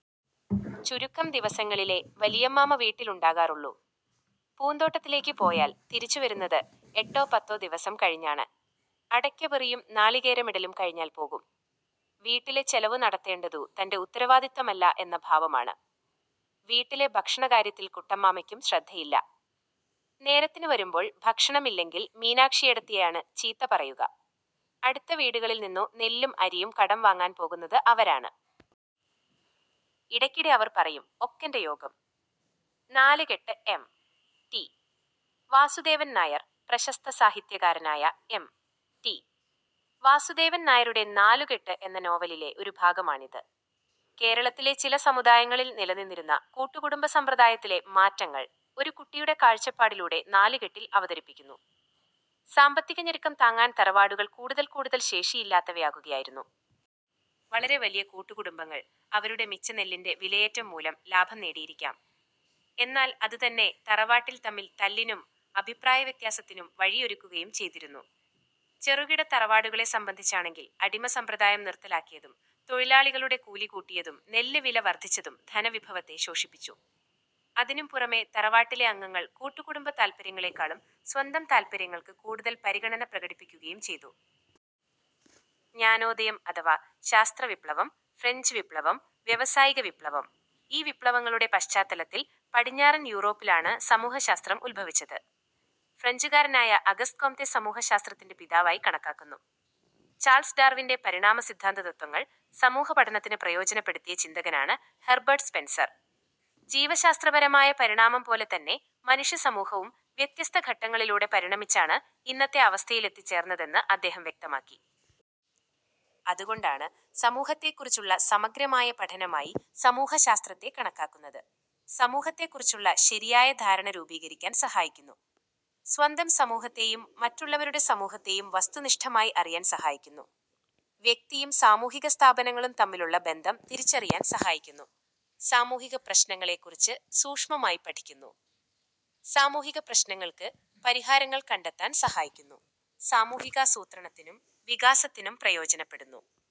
ചുരുക്കം ദിവസങ്ങളിലേ വലിയമ്മാമ വീട്ടിലുണ്ടാകാറുള്ളൂ. പൂന്തോട്ടത്തിലേക്ക് പോയാൽ തിരിച്ചുവരുന്നത് എട്ടോ പത്തോ ദിവസം കഴിഞ്ഞാണ്. അടയ്ക്കപറിയും നാളികേരമിടലും കഴിഞ്ഞാൽ പോകും. വീട്ടിലെ ചെലവ് നടത്തേണ്ടതു തന്റെ ഉത്തരവാദിത്വമല്ല എന്ന ഭാവമാണ്. വീട്ടിലെ ഭക്ഷണക്കാര്യത്തിൽ കുട്ടമ്മാമയ്ക്കും ശ്രദ്ധയില്ല. നേരത്തിനു വരുമ്പോൾ ഭക്ഷണമില്ലെങ്കിൽ മീനാക്ഷിയേടത്തിയെയാണ് ചീത്ത പറയുക. അടുത്ത വീടുകളിൽ നിന്നു നെല്ലും അരിയും കടം വാങ്ങാൻ പോകുന്നത് അവരാണ്. ഇടയ്ക്കിടെ അവർ പറയും; ഒക്കെന്റെ യോഗം. നാലുകെട്ട് എം. ടി. വാസുദേവൻനായർ പ്രശസ്ത സാഹിത്യകാരനായ എം. ടി. വാസുദേവൻ നായരുടെ നാലുകെട്ട് എന്ന നോവലിലെ ഒരു ഭാഗമാണിത്. കേരളത്തിലെ ചില സമുദായങ്ങളിൽ നിലനിന്നിരുന്ന കൂട്ടുകുടുംബ സമ്പ്രദായത്തിലെ മാറ്റങ്ങൾ ഒരു കുട്ടിയുടെ കാഴ്ചപ്പാടിലൂടെ നാലുകെട്ടി'ൽ അവതരിപ്പിക്കുന്നു. സാമ്പത്തികഞെരുക്കം താങ്ങാൻ തറവാടുകൾ കൂടുതൽ കൂടുതൽ ശേഷിയില്ലാത്തവയാകുകയായിരുന്നു. വളരെ വലിയ കൂട്ടുകു ടുംബങ്ങൾ അവരുടെ മിച്ച നെല്ലിന്റെ വിലയേറ്റം മൂലം ലാഭം നേടിയിരിക്കാം. എന്നാൽ അതുതന്നെ തറവാട്ടിൽ തമ്മിൽ തല്ലിനും അഭിപ്രായവ്യത്യാസത്തിനും വഴിയൊരുക്കുകയും ചെയ്തിരുന്നു. ചെറുകിട തറവാടുകളെ സംബന്ധിച്ചാണെങ്കിൽ അടിമസമ്പ്രദായം നിർത്തലാക്കിയതും തൊഴിലാളികളുടെ കൂലി കൂട്ടിയതും നെല്ല് വില വർധിച്ചതും ധനവിഭവത്തെ ശോഷിപ്പിച്ചു. അതിനും പുറമെ, തറവാട്ടിലെ അംഗങ്ങൾ കൂട്ടുകുടുംബ താൽപ്പര്യങ്ങളെക്കാളും സ്വന്തം താൽപ്പര്യങ്ങൾക്കു കൂടുതൽ പരിഗണന പ്രകടിപ്പിക്കുകയും ചെയ്തു. ജ്ഞാനോദയം അഥവാ ശാസ്ത്രവിപ്ലവം. ഫ്രഞ്ച് വിപ്ലവം. വ്യാവസായികവിപ്ലവം ഈ വിപ്ലവങ്ങളുടെ പശ്ചാത്തലത്തിൽ പടിഞ്ഞാറൻ യൂറോപ്പിലാണ് സമൂഹശാസ്ത്രം ഉത്ഭവിച്ചത്. ഫ്രഞ്ചുകാരനായ അഗസ്ത് കോംതെ സമൂഹശാസ്ത്രത്തിന്റെ പിതാവായി കണക്കാക്കുന്നു. ചാൾസ് ഡാർവിന്റെ പരിണാമസിദ്ധാന്തതത്ത്വങ്ങൾ സമൂഹപഠനത്തിന് പ്രയോജനപ്പെടുത്തിയ ചിന്തകനാണ് ഹെർബർട്ട് സ്പെൻസർ. ജീവശാസ്ത്രപരമായ പരിണാമം പോലെ തന്നെ മനുഷ്യസമൂഹവും വ്യത്യസ്ത ഘട്ടങ്ങളിലൂടെ പരിണമിച്ചാണ് ഇന്നത്തെ അവസ്ഥയിലെത്തിച്ചേർന്നതെന്ന് അദ്ദേഹം വ്യക്തമാക്കി. അതുകൊണ്ടാണ് സമൂഹത്തെക്കുറിച്ചുള്ള സമഗ്രമായ പഠനമായി സമൂഹശാസ്ത്രത്തെ കണക്കാക്കുന്നത്. സമൂഹത്തെക്കുറിച്ചുള്ള ശരിയായ ധാരണ രൂപീകരിക്കാൻ സഹായിക്കുന്നു. സ്വന്തം സമൂഹത്തെയും മറ്റുള്ളവരുടെ സമൂഹത്തെയും വസ്തുനിഷ്ഠമായറിയാൻ സഹായിക്കുന്നു. വ്യക്തിയും സാമൂഹികസ്ഥാപനങ്ങളും തമ്മിലുള്ള ബന്ധം തിരിച്ചറിയാൻ സഹായിക്കുന്നു. സാമൂഹികപ്രശ്നങ്ങളെക്കുറിച്ച് സൂക്ഷ്മമായി പഠിക്കുന്നു. സാമൂഹികപ്രശ്നങ്ങൾക്ക് പരിഹാരങ്ങൾ കണ്ടെത്താൻ സഹായിക്കുന്നു. സാമൂഹികാസൂത്രണത്തിനും വികസനത്തിനും പ്രയോജനപ്പെടുന്നു.